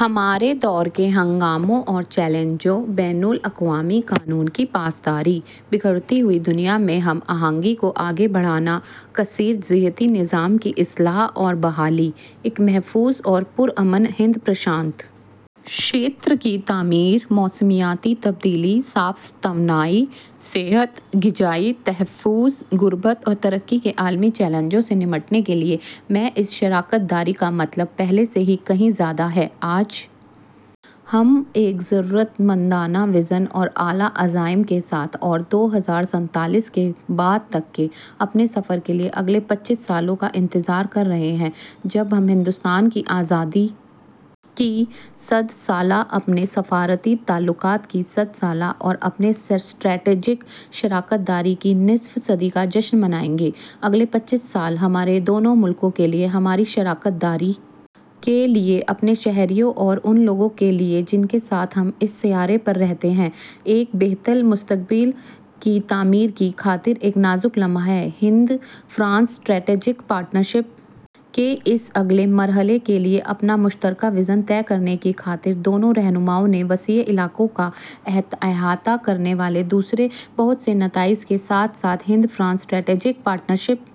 ہمارے دور کے ہنگاموں اور چیلنجوں بین الاقوامی قانون کی پاسداری بکھرتی ہوئی دنیا میں ہم آہنگی کو آگے بڑھانا کثیر الجہتی نظام کی اصلاح اور بحالی ایک محفوظ اور پرامن ہند بحر الکاہل خطے کی تعمیر ماحولیاتی تبدیلی صاف توانائی صحت غذائی تحفظ غربت اور ترقی کے عالمی چیلنجوں سے نمٹنے کے لیے میں اس شراکت داری کا مطلب پہلے سے کہیں زیادہ ہے آج ہم ایک جرات مندانہ وژن اور اعلی عزائم کے ساتھ اور اس کے بعد تک کے اپنے سفر کے لیے اگلے پچیس سالوں کا انتظار کر رہے ہیں جب ہم ہندوستان کی آزادی کی صد سالہ اپنے سفارتی تعلقات کی صد سالہ اور اپنی اسٹریٹجک شراکت داری کی نصف صدی کا جشن منائیں گے اگلے پچیس سال ہمارے دونوں ممالک کے لیے اور ہماری شراکت داری کے لیے اپنے شہریوں اور ان لوگوں کے لیے جن کے ساتھ ہم اس سیارے پر رہتے ہیں ایک بہتر مستقبل کی تعمیر کی خاطر ایک نازک لمحہ ہیں ہند فرانس اسٹریٹجک پارٹنرشپ کے اس اگلے مرحلے کے لیے اپنا مشترکہ وژن طے کرنے کی خاطر دونوں رہنماؤں نے وسیع علاقوں کا احاطہ کرنے والے دوسرے بہت سے نتائج کے ساتھ ساتھ ہند فرانس اسٹریٹجک پارٹنرشپ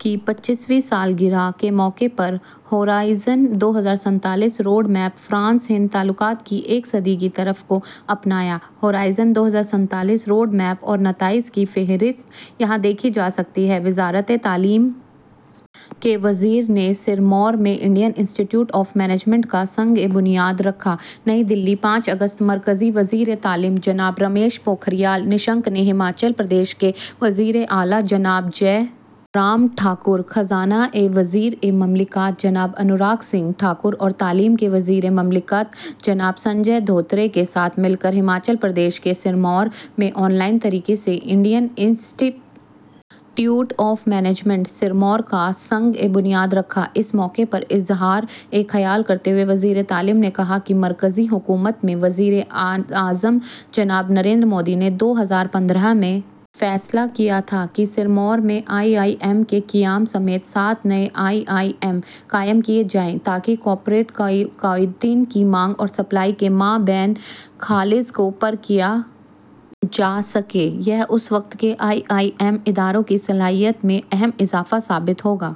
کی پچیسویں سالگرہ کے موقع پر horizon road map France Hind تعلقات کی ایک صدی کی طرف کو اپنایا ہورائزن روڈ میپ اور نتائج کی فہرست یہاں دیکھی جا سکتی ہے وزارت تعلیم کے وزیر نے سرمور میں Indian institute of management کا سنگ بنیاد رکھا نئی دہلی پانچ اگست مرکزی وزیر تعلیم جناب رمیش پوکھریال نشنک نے ہماچل پردیش کے وزیر اعلیٰ جناب جے رام ٹھاکر خزانہ کے وزیر مملکت جناب انوراگ سنگھ ٹھاکر اور تعلیم کے وزیر مملکت جناب سنجے دھوترے کے ساتھ مل کر ہماچل پردیش کے سرمور میں آن لائن طریقے سے Indian institute of management Sirmaur کا سنگ بنیاد رکھا اس موقع پر اظہار خیال کرتے ہوئے وزیر تعلیم نے کہا کہ مرکزی حکومت میں وزیر اعظم جناب نریندر مودی نے دو ہزار پندرہ میں فیصلہ کیا تھا کہ سرمور میں آئی آئی ایم کے قیام سمیت سات نئے آئی آئی ایم قائم کیے جائیں تاکہ کارپوریٹ قائدین کی مانگ اور سپلائی کے مابین خلیج کو پر کیا جا سکے یہ اس وقت کے آئی آئی ایم اداروں کی صلاحیت میں اہم اضافہ ثابت ہوگا